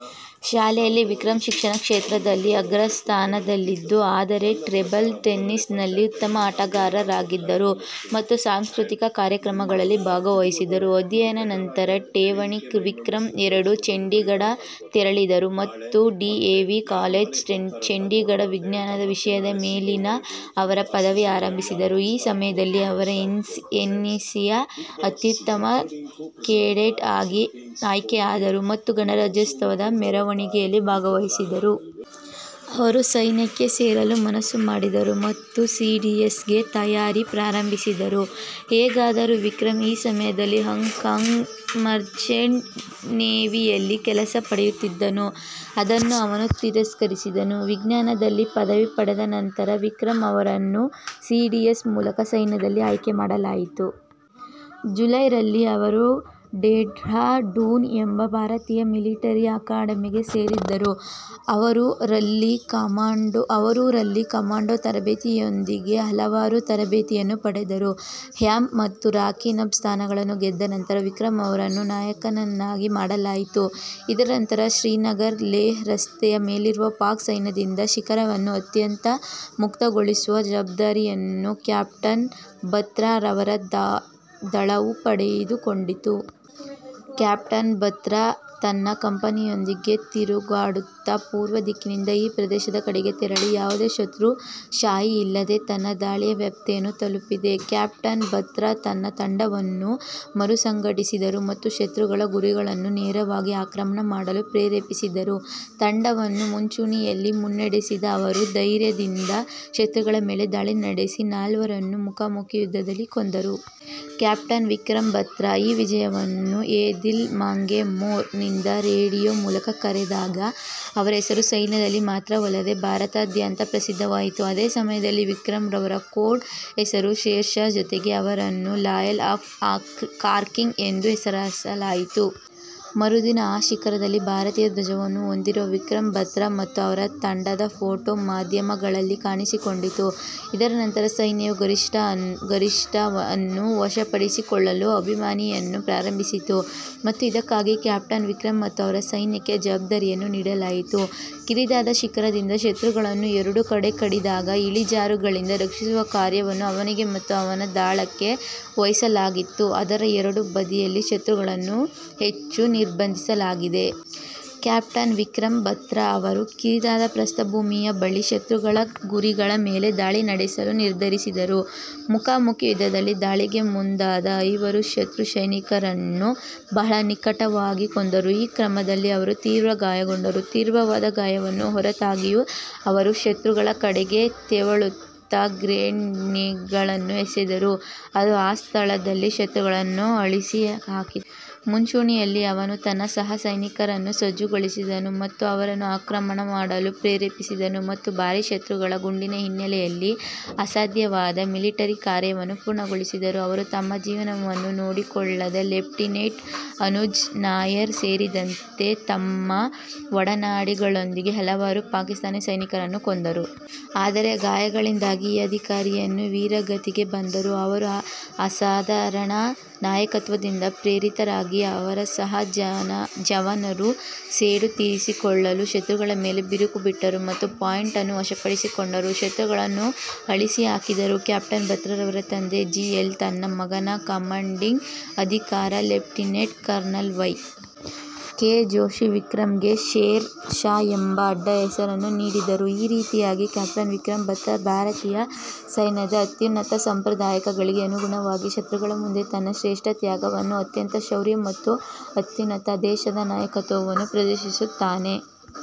ಶಾಲೆಯಲ್ಲಿ, ವಿಕ್ರಮ್ ಶಿಕ್ಷಣ ಕ್ಷೇತ್ರದಲ್ಲಿ ಅಗ್ರಸ್ಥಾನದಲ್ಲಿದ್ದರು, ಆದರೆ ಟೇಬಲ್ ಟೆನಿಸ್ನಲ್ಲಿ ಉತ್ತಮ ಆಟಗಾರರಾಗಿದ್ದರು ಮತ್ತು ಸಾಂಸ್ಕೃತಿಕ ಕಾರ್ಯಕ್ರಮಗಳಲ್ಲಿ ಭಾಗವಹಿಸಿದರು. ಅಧ್ಯಯನ ನಂತರ ಠೇವಣಿ ವಿಕ್ರಮ್ ಎರಡು ಚಂಡೀಘಢ ತೆರಳಿದರು ಮತ್ತು ಡಿಎವಿ ಕಾಲೇಜ್, ಚಂಡೀಘಢ ವಿಜ್ಞಾನದ ವಿಷಯದ ಮೇಲಿನ ಅವರ ಪದವಿ ಆರಂಭಿಸಿದರು. ಈ ಸಮಯದಲ್ಲಿ ಅವರು ಎನ್ಸಿಸಿಯ ಅತ್ಯುತ್ತಮ ಕೆಡೆಟ್ ಆಗಿ ಆಯ್ಕೆಯಾದರು ಮತ್ತು ಗಣರಾಜ್ಯೋತ್ಸವದ ಮೆರವಣಿಗೆಯಲ್ಲಿ ಭಾಗವಹಿಸಿದರು. ಅವರು ಸೈನ್ಯಕ್ಕೆ ಸೇರಲು ಮನಸ್ಸು ಮಾಡಿದರು ಮತ್ತು ಸಿಡಿಎಸ್ ಗೆ ತಯಾರಿ ಪ್ರಾರಂಭಿಸಿದರು. ಹೇಗಾದರೂ, ವಿಕ್ರಮ್ ಈ ಸಮಯದಲ್ಲಿ ಹಾಂಗ್ ಕಾಂಗ್ನ ಮರ್ಚೆಂಟ್ ನೇವಿಯಲ್ಲಿ ಕೆಲಸ ಪಡೆಯುತ್ತಿದ್ದನು, ಅದನ್ನು ಅವನು ತಿರಸ್ಕರಿಸಿದನು. ವಿಜ್ಞಾನದಲ್ಲಿ ಪದವಿ ಪಡೆದ ನಂತರ ವಿಕ್ರಮ್ ಅವರನ್ನು ಸಿಡಿಎಸ್ ಮೂಲಕ ಸೈನ್ಯದಲ್ಲಿ ಆಯ್ಕೆ ಮಾಡಲಾಯಿತು. ಜುಲೈ ರಲ್ಲಿ, ಅವರು ಡೆಹ್ರಾಡೂನ್ ಎಂಬ ಭಾರತೀಯ ಮಿಲಿಟರಿ ಅಕಾಡೆಮಿಗೆ ಸೇರಿದರು. ಅವರು ರಲ್ಲಿ ಕಮಾಂಡೋ ತರಬೇತಿಯೊಂದಿಗೆ ಹಲವಾರು ತರಬೇತಿಯನ್ನು ಪಡೆದರು. ಹ್ಯಾಂಪ್ ಮತ್ತು ರಾಕಿ ನಾಬ್ ಸ್ಥಾನಗಳನ್ನು ಗೆದ್ದ ನಂತರ ವಿಕ್ರಮ್ ಅವರನ್ನು ನಾಯಕನನ್ನಾಗಿ ಮಾಡಲಾಯಿತು. ಇದರ ನಂತರ, ಶ್ರೀನಗರ-ಲೇಹ್ ರಸ್ತೆಯ ಮೇಲಿರುವ ಪಾಕ್ ಸೈನ್ಯದಿಂದ ಶಿಖರವನ್ನು ಅತ್ಯಂತ ಮುಕ್ತಗೊಳಿಸುವ ಜವಾಬ್ದಾರಿಯನ್ನು ಕ್ಯಾಪ್ಟನ್ ಬಾತ್ರಾ ಅವರ ದಳವು ಪಡೆದುಕೊಂಡಿತು. ಕ್ಯಾಪ್ಟನ್ ಬಾತ್ರಾ ತನ್ನ ಕಂಪನಿಯೊಂದಿಗೆ ತಿರುಗಾಡುತ್ತಾ ಪೂರ್ವ ದಿಕ್ಕಿನಿಂದ ಈ ಪ್ರದೇಶದ ಕಡೆಗೆ ತೆರಳಿ ಯಾವುದೇ ಶತ್ರು ಶಾಯಿ ಇಲ್ಲದೆ ತನ್ನ ದಾಳಿಯ ವ್ಯಾಪ್ತಿಯನ್ನು ತಲುಪಿದ. ಕ್ಯಾಪ್ಟನ್ ಬಾತ್ರಾ ತನ್ನ ತಂಡವನ್ನು ಮರುಸಂಘಟಿಸಿದರು ಮತ್ತು ಶತ್ರುಗಳ ಗುರಿಗಳನ್ನು ನೇರವಾಗಿ ಆಕ್ರಮಣ ಮಾಡಲು ಪ್ರೇರೇಪಿಸಿದರು. ತಂಡವನ್ನು ಮುಂಚೂಣಿಯಲ್ಲಿ ಮುನ್ನಡೆಸಿದ ಅವರು ಧೈರ್ಯದಿಂದ ಶತ್ರುಗಳ ಮೇಲೆ ದಾಳಿ ನಡೆಸಿ ನಾಲ್ವರನ್ನು ಮುಖಾಮುಖಿ ಯುದ್ಧದಲ್ಲಿ ಕೊಂದರು. ಕ್ಯಾಪ್ಟನ್ ವಿಕ್ರಮ್ ಬಾತ್ರಾ ಈ ವಿಜಯವನ್ನು 'ಯೆ ದಿಲ್ ಮಾಂಗೆ ಮೋರ್' ನಿಂದ ರೇಡಿಯೊ ಮೂಲಕ ಕರೆದಾಗ, ಅವರ ಹೆಸರು ಸೈನ್ಯದಲ್ಲಿ ಮಾತ್ರವಲ್ಲದೆ ಭಾರತದಾದ್ಯಂತ ಪ್ರಸಿದ್ಧವಾಯಿತು. ಅದೇ ಸಮಯದಲ್ಲಿ, ವಿಕ್ರಮ್ ಅವರ ಕೋಡ್ ಹೆಸರು ಶೇರ್ ಷಾ ಜೊತೆಗೆ, ಅವರನ್ನು 'ಲಯನ್ ಆಫ್ ಕಾರ್ಗಿಲ್' ಎಂದು ಹೆಸರಿಸಲಾಯಿತು. ಮರುದಿನ, ರ ಶಿಖರದಲ್ಲಿ ಭಾರತೀಯ ಧ್ವಜವನ್ನು ಹೊಂದಿರುವ ವಿಕ್ರಮ್ ಬಾತ್ರಾ ಮತ್ತು ಅವರ ತಂಡದ ಫೋಟೋ ಮಾಧ್ಯಮಗಳಲ್ಲಿ ಕಾಣಿಸಿಕೊಂಡಿತು. ಇದರ ನಂತರ, ಸೈನ್ಯವು ಗರಿಷ್ಠ ಅನ್ನು ವಶಪಡಿಸಿಕೊಳ್ಳುವ ಅಭಿಯಾನವನ್ನು ಪ್ರಾರಂಭಿಸಿತು ಮತ್ತು ಇದಕ್ಕಾಗಿ ಕ್ಯಾಪ್ಟನ್ ವಿಕ್ರಮ್ ಮತ್ತು ಅವನ ಸೈನ್ಯಕ್ಕೆ ಜವಾಬ್ದಾರಿಯನ್ನು ನೀಡಲಾಯಿತು. ಕಿರಿದಾದ ಶಿಖರದಿಂದ ಶತ್ರುಗಳನ್ನು ಎರಡೂ ಕಡೆ ಕಡಿದಾದ ಇಳಿಜಾರುಗಳಿಂದ ರಕ್ಷಿಸುವ ಕಾರ್ಯವನ್ನು ಅವನಿಗೆ ಮತ್ತು ಅವನ ದಳಕ್ಕೆ ವಹಿಸಲಾಗಿತ್ತು, ಅದರ ಎರಡೂ ಬದಿಯಲ್ಲಿ ಶತ್ರುಗಳನ್ನು ಹೆಚ್ಚು ನಿರ್ಬಂಧಿಸಲಾಗಿದೆ. ಕ್ಯಾಪ್ಟನ್ ವಿಕ್ರಮ್ ಬಾತ್ರಾ ಅವರು ಕಿರಿದಾದ ಪ್ರಸ್ಥಭೂಮಿಯ ಬಳಿ ಶತ್ರುಗಳ ಗುರಿಗಳ ಮೇಲೆ ದಾಳಿ ನಡೆಸಲು ನಿರ್ಧರಿಸಿದರು. ಮುಖಾಮುಖಿ ಯುದ್ಧದಲ್ಲಿ ದಾಳಿಗೆ ಮುಂದಾದ ಐವರು ಶತ್ರು ಸೈನಿಕರನ್ನು ಬಹಳ ನಿಕಟವಾಗಿ ಕೊಂದರು. ಈ ಕ್ರಮದಲ್ಲಿ ಅವರು ತೀವ್ರ ಗಾಯಗೊಂಡರು. ತೀವ್ರವಾದ ಗಾಯಗಳ ಹೊರತಾಗಿಯೂ, ಅವರು ಶತ್ರುಗಳ ಕಡೆಗೆ ತೆವಳುತ್ತಾ ಗ್ರೆನೇಡ್ಗಳನ್ನು ಎಸೆದರು, ಅದು ಆ ಸ್ಥಳದಲ್ಲಿ ಶತ್ರುಗಳನ್ನು ಅಳಿಸಿಹಾಕಿತು. ಮುಂಚೂಣಿಯಲ್ಲಿ, ಅವನು ತನ್ನ ಸಹ ಸೈನಿಕರನ್ನು ಸಜ್ಜುಗೊಳಿಸಿದನು ಮತ್ತು ಅವರನ್ನು ಆಕ್ರಮಣ ಮಾಡಲು ಪ್ರೇರೇಪಿಸಿದನು ಮತ್ತು ಭಾರೀ ಶತ್ರುಗಳ ಗುಂಡಿನ ಹಿನ್ನೆಲೆಯಲ್ಲಿ ಅಸಾಧ್ಯವಾದ ಮಿಲಿಟರಿ ಕಾರ್ಯವನ್ನು ಪೂರ್ಣಗೊಳಿಸಿದನು. ಅವರು, ತಮ್ಮ ಜೀವನವನ್ನು ನೋಡಿಕೊಳ್ಳದೆ ಲೆಫ್ಟಿನೆಂಟ್ ಅನುಜ್ ನಯ್ಯರ್ ಸೇರಿದಂತೆ ತಮ್ಮ ಒಡನಾಡಿಗಳೊಂದಿಗೆ ಹಲವಾರು ಪಾಕಿಸ್ತಾನಿ ಸೈನಿಕರನ್ನು ಕೊಂದರು. ಆದರೆ ಗಾಯಗಳಿಂದಾಗಿ ಈ ಅಧಿಕಾರಿಗಳು ವೀರಗತಿಗೆ ಬಂದರು. ಅವರ ಅಸಾಧಾರಣ ನಾಯಕತ್ವದಿಂದ ಪ್ರೇರಿತರಾಗಿ, ಅವರ ಸಹ ಜವಾನರು ಸೇಡು ತೀರಿಸಿಕೊಳ್ಳಲು ಶತ್ರುಗಳ ಮೇಲೆ ಬಿರುಕು ಬಿಟ್ಟರು ಮತ್ತು ಪಾಯಿಂಟ್ ಅನ್ನು ವಶಪಡಿಸಿಕೊಂಡರು, ಶತ್ರುಗಳನ್ನು ಅಳಿಸಿಹಾಕಿದರು. ಕ್ಯಾಪ್ಟನ್ ಬಾತ್ರಾ ಅವರ ತಂದೆ ಜಿ. ಎಲ್. ತನ್ನ ಮಗನ ಕಮಾಂಡಿಂಗ್ ಅಧಿಕಾರಿ lieutenant colonel Y. K. Joshi ವಿಕ್ರಮ್ಗೆ ಶೇರ್ ಷಾ ಎಂಬ ಅಡ್ಡಹೆಸರನ್ನು ನೀಡಿದರು. ಈ ರೀತಿಯಾಗಿ, ಕ್ಯಾಪ್ಟನ್ ವಿಕ್ರಮ್ ಬಾತ್ರಾ ಭಾರತೀಯ ಸೈನ್ಯದ ಅತ್ಯುನ್ನತ ಸಂಪ್ರದಾಯಗಳಿಗೆ ಅನುಗುಣವಾಗಿ, ಶತ್ರುಗಳ ಮುಂದೆ, ತನ್ನ ಶ್ರೇಷ್ಠ ತ್ಯಾಗವನ್ನು ಅತ್ಯಂತ ಶೌರ್ಯ ಮತ್ತು ಅತ್ಯುನ್ನತ ಆದೇಶದ ನಾಯಕತ್ವವನ್ನು ಪ್ರದರ್ಶಿಸುತ್ತಾನೆ.